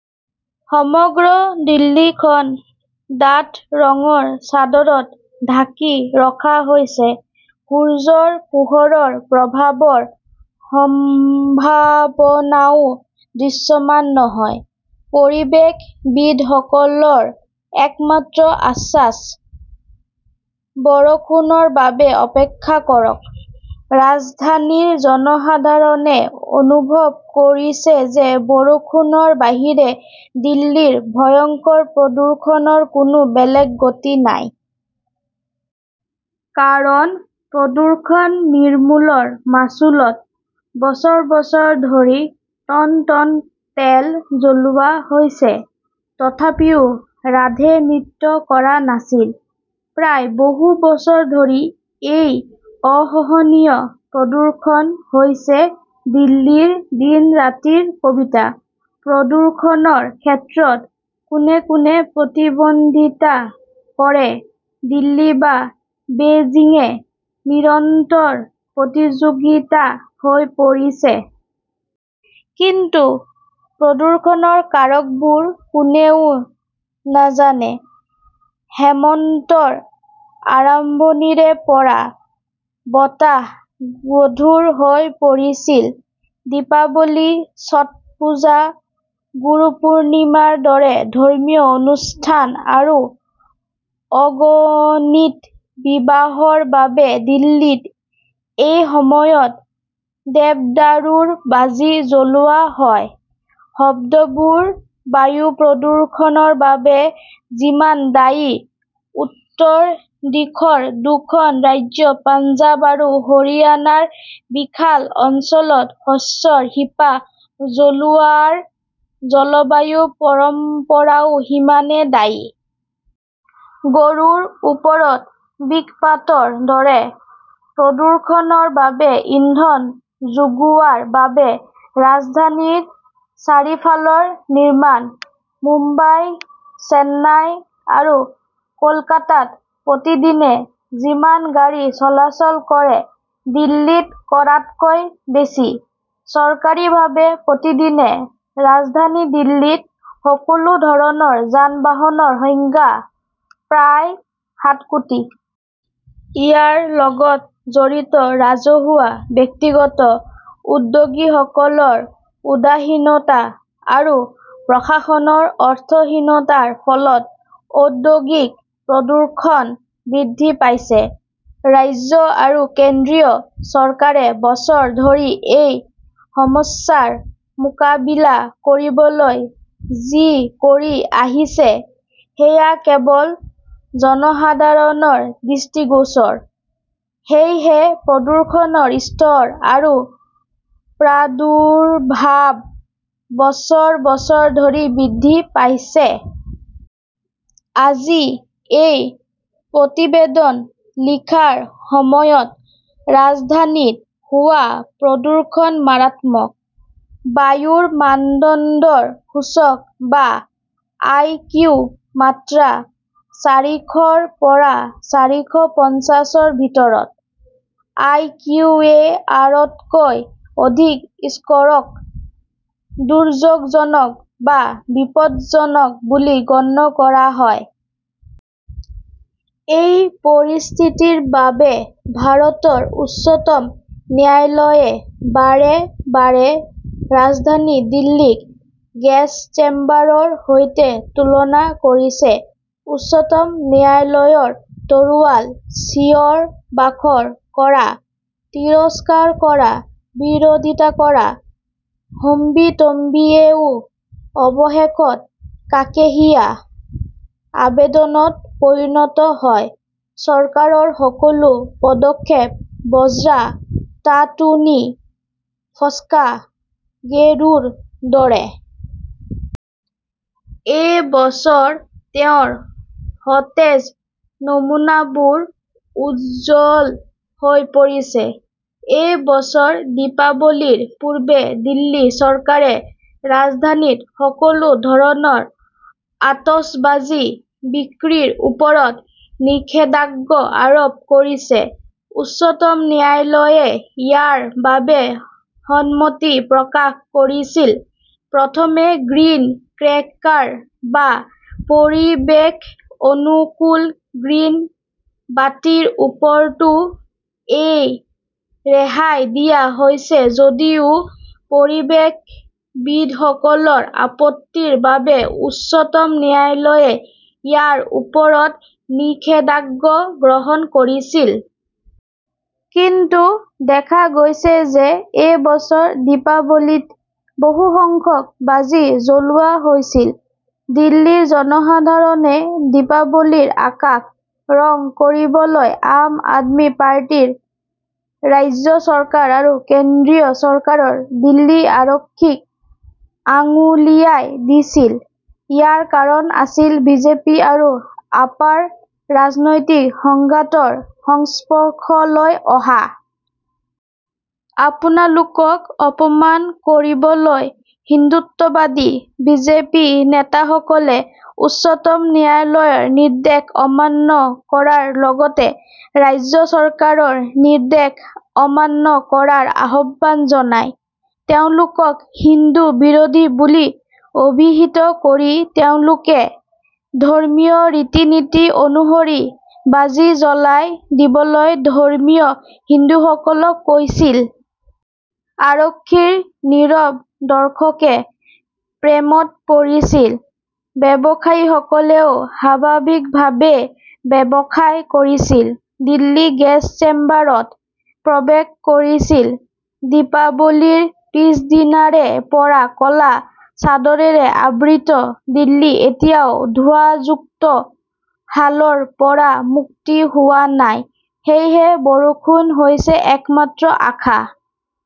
সমগ্ৰ দিল্লীখন ডাঠ ৰঙৰ চাদৰত ঢাকি ৰখা হৈছে। সূৰ্যৰ পোহৰৰ প্ৰভাৱৰ সম্ভাৱনাও দৃশ্যমান নহয়। পৰিৱেশবিদসকলৰ একমাত্ৰ আশ্বাস। বৰষুণৰ বাবে অপেক্ষা কৰক। ৰাজধানীৰ জনসাধাৰণে অনুভৱ কৰিছে যে বৰষুণৰ বাহিৰে দিল্লীৰ ভয়ংকৰ প্ৰদূষণৰ কোনো বেলেগ গতি নাই। কাৰণ প্ৰদূষণ নিৰ্মূলৰ মাচুলত বছৰ বছৰ ধৰি টন টন তেল জ্বলোৱা হৈছে। তথাপিও ৰাধে নৃত্য কৰা নাছিল! প্ৰায় বহু বছৰ ধৰি এই অসহনীয় প্ৰদূষণ হৈছে দিল্লীৰ দিন ৰাতিৰ কবিতা। প্ৰদূষণৰ ক্ষেত্ৰত কোনে কোনে প্ৰতিদ্বন্দিতা কৰে দিল্লী বা বেইজিঙে নিৰন্তৰ প্ৰতিযোগিতা হৈ পৰিছে। কিন্তু প্ৰদূষণৰ কাৰকবোৰ কোনেও নাজানে। হেমন্তৰ আৰম্ভণিৰে পৰা বতাহ গধুৰ হৈ পৰিছিল। দীপাৱলী ছট পূজা গুৰুপুৰ্ণিমাৰ দৰে ধৰ্মীয় অনুষ্ঠান আৰু অগণিত বিবাহৰ বাবে দিল্লীত এই সময়ত দেৱদাৰুৰ বাজি জ্বলোৱা হয়। শব্দবোৰ বায়ু প্ৰদূষণৰ বাবে যিমান দায়ী উত্তৰ দিশৰ দুখন ৰাজ্য পঞ্জাৱ আৰু হাৰিয়ানাৰ বিশাল অঞ্চলত শস্যৰ শিপা জ্বলোৱাৰ জলবায়ু পৰম্পৰাও সিমানেই দায়ী। গৰুৰ ওপৰত বিষপাতৰ দৰে প্ৰদূষণৰ বাবে ইন্ধন যোগোৱাৰ বাবে ৰাজধানীৰ চাৰিফালৰ নিৰ্মাণ। মুম্বাই চেন্নাই আৰু কলকাতাত প্ৰতিদিনে যিমান গাড়ী চলাচল কৰে দিল্লীত কৰাতকৈ বেছি। চৰকাৰীভাৱে প্ৰতিদিনে ৰাজধানী দিল্লীত সকলো ধৰণৰ যান বাহনৰ সংখ্যা প্ৰায় সাত কোটি। ইয়াৰ লগত জড়িত ৰাজহুৱা ব্যক্তিগত উদ্যোগীসকলৰ উদাসীনতা আৰু প্ৰশাসনৰ অৰ্থহীনতাৰ ফলত ঔদ্যোগিক প্ৰদূষণ বৃদ্ধি পাইছে। ৰাজ্য আৰু কেন্দ্ৰীয় চৰকাৰে বছৰ ধৰি এই সমস্যাৰ মোকাবিলা কৰিবলৈ যি কৰি আহিছে সেয়া কেৱল জনসাধাৰণৰ দৃষ্টিগোচৰ। সেয়েহে প্ৰদূষণৰ স্তৰ আৰু প্ৰাদুৰ্ভাৱ বছৰ বছৰ ধৰি বৃদ্ধি পাইছে। আজি এই প্ৰতিবেদন লিখাৰ সময়ত ৰাজধানীত হোৱা প্ৰদূষণ মাৰাত্মক। বায়ুৰ মানদণ্ডৰ সূচক বা আইকিউ মাত্ৰা চাৰিশৰ পৰা চাৰিশ পঞ্চাশৰ ভিতৰত! আই কিউ এ আৰ তকৈ অধিক স্ক'ৰক দুৰ্যোগজনক বা বিপদজনক বুলি গণ্য কৰা হয়। এই পৰিস্থিতিৰ বাবে ভাৰতৰ উচ্চতম ন্যায়ালয়ে বাৰে বাৰে ৰাজধানী দিল্লীক গছ চেম্বাৰ ৰ সৈতে তুলনা কৰিছে। উচ্চতম ন্যায়ালয়ৰ তৰোৱাল চিঞৰ বাখৰ কৰা তিৰস্কাৰ কৰা বিৰোধিতা কৰা হম্বিতম্বিয়েও অৱশেষত কাকেশিয়া আবেদনত পৰিণত হয়। চৰকাৰৰ সকলো পদক্ষেপ বজ্ৰা টাটুনি ফস্কা গেৰোৰ দৰে! এই বছৰ তেওঁৰ সতেজ নমুনাবোৰ উজ্জ্বল হৈ পৰিছে। এই বছৰ দীপাৱলীৰ পূৰ্বে দিল্লী চৰকাৰে ৰাজধানীত সকলো ধৰণৰ আতচবাজী বিক্ৰীৰ ওপৰত নিষেধাজ্ঞা আৰোপ কৰিছিল। উচ্চতম ন্যায়ালয়ে ইয়াৰ বাবে সন্মতি প্ৰকাশ কৰিছিল। প্ৰথমে গ্ৰীণ ক্ৰেকাৰ বা পৰিৱেশ অনুকূল গ্ৰীণ বাটিৰ ওপৰতো এই ৰেহাই দিয়া হৈছিল যদিও পৰিৱেশবিদসকলৰ আপত্তিৰ বাবে উচ্চতম ন্যায়ালয়ে ইয়াৰ ওপৰতো নিষেধাজ্ঞা গ্ৰহণ কৰিছিল। কিন্তু দেখা গৈছে যে এই বছৰ দীপাৱলীত বহু সংখ্যক বাজি জ্বলোৱা হৈছিল। দিল্লীৰ জনসাধাৰণে দীপাৱলীৰ আকাশ ৰং কৰিবলৈ আম আদমি পাৰ্টিৰ ৰাজ্য চৰকাৰ আৰু কেন্দ্ৰীয় চৰকাৰৰ দিল্লী আৰক্ষীক আঙুলিয়াই দিছিল। ইয়াৰ কাৰণ আছিল বিজেপি আৰু আপৰ ৰাজনৈতিক সংঘাতৰ সংস্পৰ্শলৈ অহা। আপোনালোকক অপমান কৰিবলৈ হিন্দুত্ববাদী বিজেপি নেতাসকলে উচ্চতম ন্যায়ালয়ৰ নিৰ্দেশ অমান্য কৰাৰ লগতে ৰাজ্য চৰকাৰৰ নিৰ্দেশ অমান্য কৰাৰ আহ্বান জনায়। তেওঁলোকক হিন্দু বিৰোধী বুলি অভিহিত কৰি তেওঁলোকে ধৰ্মীয় ৰীতি নীতি অনুসৰি বাজি জ্বলাই দিবলৈ ধৰ্মীয় হিন্দুসকলক কৈছিল। আৰক্ষীৰ নীৰৱ দৰ্শকে প্ৰেমত পৰিছিল। ব্যৱসায়ীসকলেও স্বাভাৱিকভাৱেই ব্যৱসায় কৰিছিল। দিল্লী গেছ চেম্বাৰত প্ৰৱেশ কৰিছিল। দীপাৱলীৰ পিছদিনাৰে পৰা ক'লা চাদৰেৰে আবৃত দিল্লী এতিয়াও ধোঁৱাযুক্ত হালৰ পৰা মুক্ত হোৱা নাই। সেয়েহে বৰষুণ হৈছে একমাত্ৰ আশা।